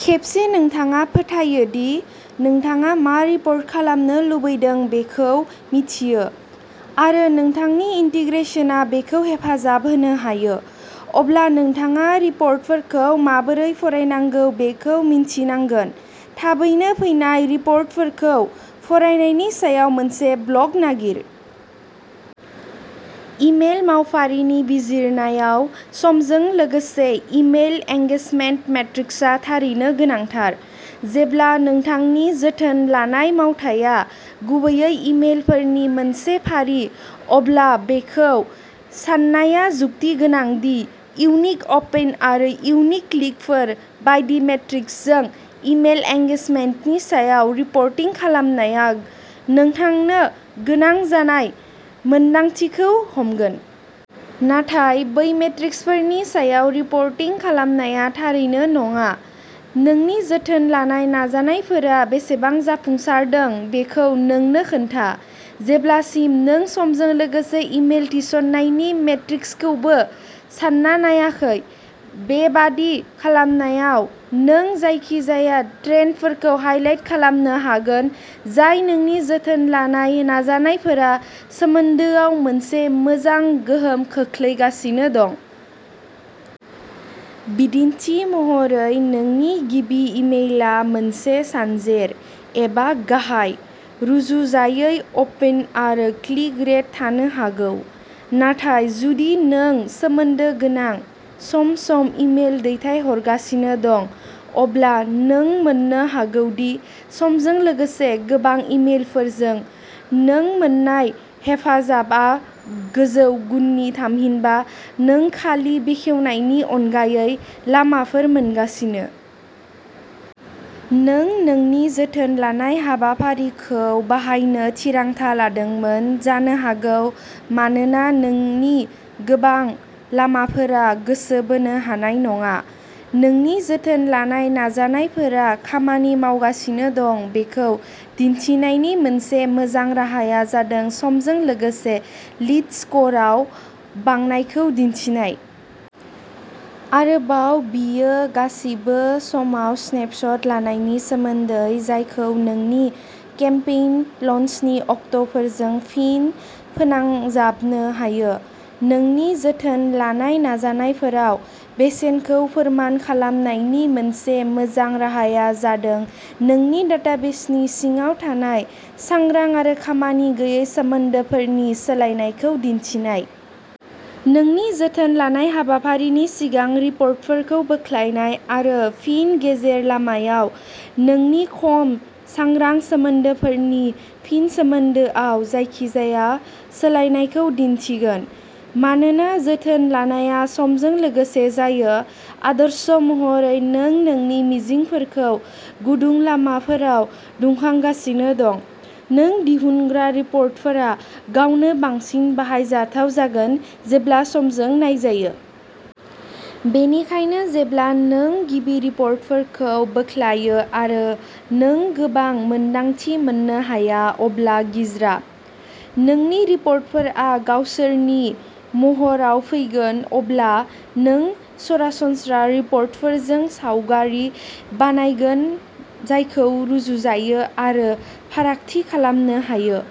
खेबसे नोंथाङा फोथायो दि नोंथाङा मा रिपर्ट खालामनो लुबैदों बेखौ मिन्थियो, आरो नोंथांनि इन्टिग्रेसनआ बेखौ हेफाजाब होनो हायो, अब्ला नोंथाङा रिपर्टफोरखौ माबोरै फरायनांगौ बेखौ मिन्थिनांगोन। थाबैनो फैनाय रिपर्टफोरखौ फरायनायनि सायाव मोनसे ब्लग नागिर। इमेल मावफारिनि बिजिरनायाव समजों लोगोसे इमेल इन्गेजमेन्ट मेट्रिक्सआ थारैनो गोनांथार। जेब्ला नोंथांनि जोथोन लानाय मावथाया गुबैयै इमेलफोरनि मोनसे फारि, अब्ला बेखौ साननाया जुक्तिगोनां दि इउनिक अपेन आरो इउनिक क्लिकफोर बायदि मेट्रिक्सजों इमेल इन्गेजमेन्टनि सायाव रिपर्टिं खालामनाया नोंथांनो गोनां जानाय मोनदांथिखौ हमगोन। नाथाय बै मेट्रिक्सफोरनि सायाव रिपर्टिं खालामनाया थारैनो नङा। नोंनि जोथोन लानाय नाजानायफोरा बेसेबां जाफुंसारदों बेखौ नोंनो खोन्था, जेब्लासिम नों समजों लोगोसे इमेल थिसननायनि मेट्रिक्सखौबो सानना नायाखै। बेबादि खालामनायाव, नों जायखिजाया ट्रेन्डफोरखौ हाईलाइट खालामनो हागोन जाय नोंनि जोथोन लानाय नाजानायफोरा सोमोन्दोआव मोनसे मोजां गोहोम खोख्लैगासिनो दं। बिदिन्थि महरै, नोंनि गिबि इमेलआ मोनसे सानजेर, एबा गाहाय, रुजुजायै अपेन आरो क्लिक रेट थानो हागौ, नाथाय जुदि नों सोमोन्दो गोनां, सम-सम इमेल दैथायहरगासिनो दं, अब्ला नों मोन्नो हागौ दि समजों लोगोसे, गोबां इमेलफोरजों, नों मोन्नाय हेफाजाबआ गोजौ गुननि, थामहिनबा नों खालि बेखेवनायनि अनगायै लामाफोर मोनगासिनो। नों नोंनि जोथोन लानाय हाबाफारिखौ बाहायनो थिरांथा लादोंमोन जानो हागौ मानोना नोंनि गोबां लामाफोरा गोसो बोनो हानाय नङा। नोंनि जोथोन लानाय नाजानायफोरा खामानि मावगासिनो दं बेखौ दिन्थिनायनि मोनसे मोजां राहाया जादों समजों लोगोसे लीड स्करआव बांनायखौ दिन्थिनाय। आरोबाव, बेयो गासिबो समाव स्नेपशट लानायनि सोमोन्दै, जायखौ नोंनि केम्पेइन लन्चनि अक्टफोरजों फिन फोनांजाबनो हायो। नोंनि जोथोन लानाय नाजानायफोराव बेसेनखौ फोरमान खालामनायनि मोनसे मोजां राहाया जादों नोंनि डाटाबेसनि सिङाव थानाय सांग्रां आरो खामानि गैयै सोमोन्दोफोरनि% सोलायनायखौ दिन्थिनाय। नोंनि जोथोन लानाय हाबाफारिनि सिगां रिपर्टफोरखौ बोख्लायनाय, आरो फिन गेजेर-लामायाव नोंनि खम सांग्रां सोमोन्दोफोरनि फिन-सोमोन्दोआव जायखिजाया सोलायनायखौ दिन्थिगोन। मानोना जोथोन लानायआ समजों लोगोसे जायो, आदर्श महरै नों नोंनि मिजिंफोरखौ गुदुं लामाफोराव दुंखांगासिनो दं, नों दिहुनग्रा रिपर्टफोरा गावनो बांसिन बाहायजाथाव जागोन जेब्ला समजों नायजायो। बेनिखायनो जेब्ला नों गिबि रिपर्टफोरखौ बोख्लायो आरो नों गोबां मोनदांथि मोननो हाया अब्ला गिज्रा। नोंनि रिपर्टफोरा गावसोरनि महराव फैगोन जेब्ला नों सरासनस्रा रिपर्टफोरजों सावगारि बानायगोन जायखौ रुजुजायो आरो फारागथि खालामनो हायो।